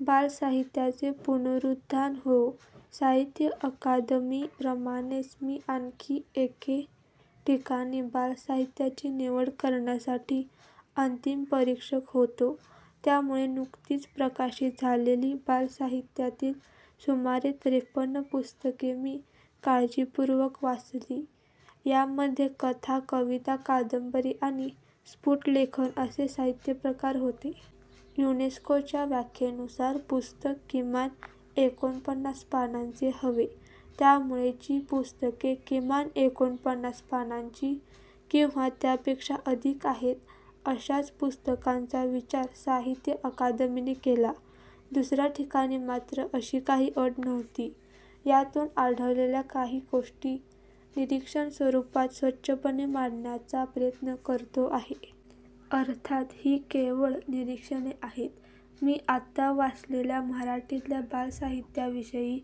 बालसाहित्याचे पुनरुत्थान होवो. साहित्य अकादमी प्रमाणेच मी आणखी एके ठिकाणी 'बाल साहित्याची निवड करण्यासाठी अंतीम परीक्षक होतो. त्यामुळे नुकतीच प्रकाशित झालेली बालसाहित्यातील सुमारे त्रेप्पन पुस्तके मी काळजीपूर्वक वाचली. यामधे कथा, कविता, कादंबरी आणि स्पूट लेखन असे साहित्य प्रकार होते. युनेस्कोच्या व्याखेनुसार पुस्तक किमान एकोणपन्नास पानांचे हवे. त्यामुळे जी पुस्तके किमान एकोणपन्नास पानांची किंवा त्यापेक्षा अधिक आहेत अशाच पुस्तकांचा विचार साहित्य अकादमीने केला. दुसर्या ठिकाणी मात्र अशी काही अट नव्हती. यातून आढळलेल्या काही गोष्टी निरीक्षण स्वरुपात स्वच्छपणे मांडण्याचा प्रयत्न करतो आहे. अर्थात ही केवळ निरिक्षणे आहेत मी आत्ता वाचलेल्या मराठीतल्या बालसाहित्याविषयी.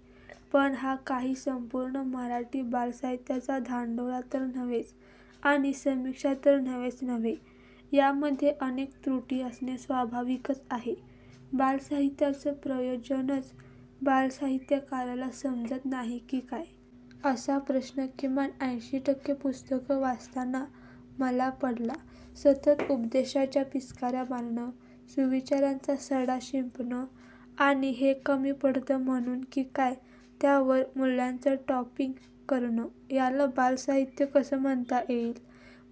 पण हा काही संपूर्ण मराठी बालसाहित्याचा धांडोळा तर नव्हेच आणि समीक्षा तर नव्हेच नव्हे. यामधे अनेक त्रुटी असणे स्वाभाविकच आहे. बालसाहित्याचं प्रयोजनच बालसाहित्यकाराला समजत नाही की काय? असा प्रश्न किमान ऐंशी टक्के पुस्तकं वाचताना मला पडला. सतत उपदेशाच्या पिचकार्या मारणं, सुविचारांचा सडा शिंपणं आणि हे कमी पडतं म्हणून की काय त्यावर मूल्यांचं टॉपिंग करणं याला बालसाहित्य कसं म्हणता येईल.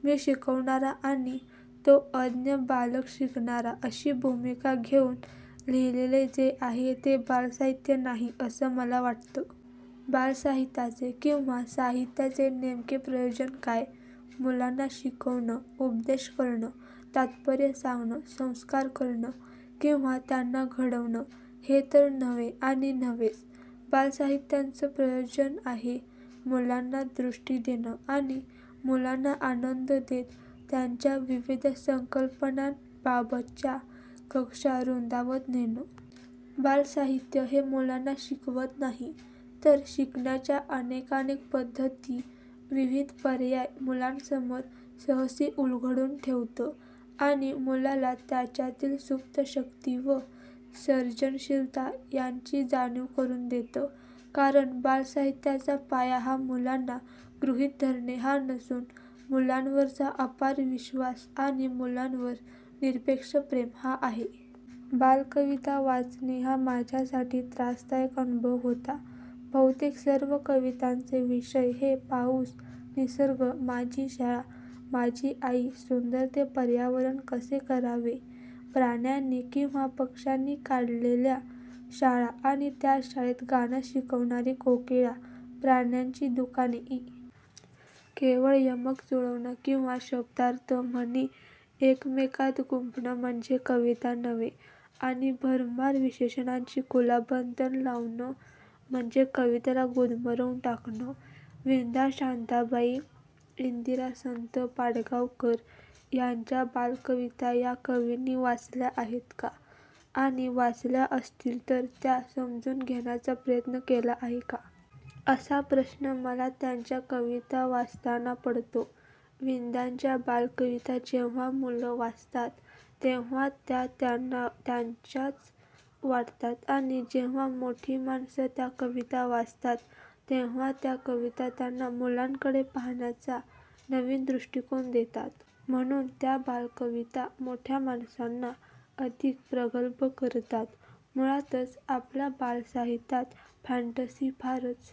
मी शिकवणारा आणि तो अज्ञ बालक शिकणारा अशी भूमिका घेऊन लिहिलेले जे आहे ते बालसाहित्य नाही असं मला वाटतं. बालसाहित्याचे किंवा साहित्याचे नेमके प्रयोजन काय? मुलांना शिकवणं, उपदेश करणं, तात्पर्य सांगणं, संस्कार करणं किंवा त्यांना घडवणं हे तर नव्हे आणि नव्हेच. बालसाहित्याचं प्रयोजन आहे, मुलांना दृष्टी देणं आणि मुलांना आनंद देत त्यांच्या विविध संकल्पनांबाबतच्या कक्षा रुंदावत नेणं. बालसाहित्य हे मुलांना शिकवत नाही तर शिकण्याच्या अनेकानेक पध्दती, विविध पर्याय मुलांसमोर सहजी उलगडून ठेवतं आणि मुलाला त्याच्यातील सूप्त शक्ती व सर्जनशीलता यांची जाणीव करून देतं. कारण बालसाहित्याचा पाया हा मुलांना गृहित धरणे हा नसून मुलांवरचा अपार विश्वास आणि मुलांवर निरपेक्ष प्रेम हा आहे. बालकविता वाचणे हा माझ्यासाठी त्रासदायक अनुभव होता. बहुतेक सर्व कवितांचे विषय हे पाऊस, निसर्ग, माझी शाळा, माझी आई, सुंदर ते पर्यावरण कसे करावे, प्राण्यांनी किंवा पक्ष्यांनी काढलेल्या शाळा आणि त्या शाळेत गाणं शिकवणारी कोकिळा, प्राण्यांची दुकाने इ. केवळ यमक जुळवणं किंवा शब्दार्थ, म्हणी एकमेकांत गुंफणं म्हणजे कविता नव्हे. आणि भरमार विशेषणांची कलाबुतं लावणं म्हणजे कवितेला गुदमरवून टाकणं. विंदा, शांताबाई, इंदिरा संत, पाडगावकर यांच्या बालकविता या कविंनी वाचल्या आहेत का? आणि वाचल्या असतील तर त्या समजून घेण्याचा प्रयत्न केला आहे का? असा प्रश्न मला त्यांच्या कविता वाचताना पडतो. विंदांच्या बालकविता जेव्हा मुलं वाचतात तेव्हा त्या त्यांना त्यांच्याच वाटतात आणि जेव्हा मोठी माणसं त्या कविता वाचतात तेव्हा त्या कविता त्यांना मुलांकडे पाहण्याचा नवीन दृष्टिकोन देतात. म्हणून त्या बालकविता मोठ्यामाणसांना अधिक प्रगल्भ करतात. मुळातच आपल्या बालसाहित्यात फॅंटसी फारच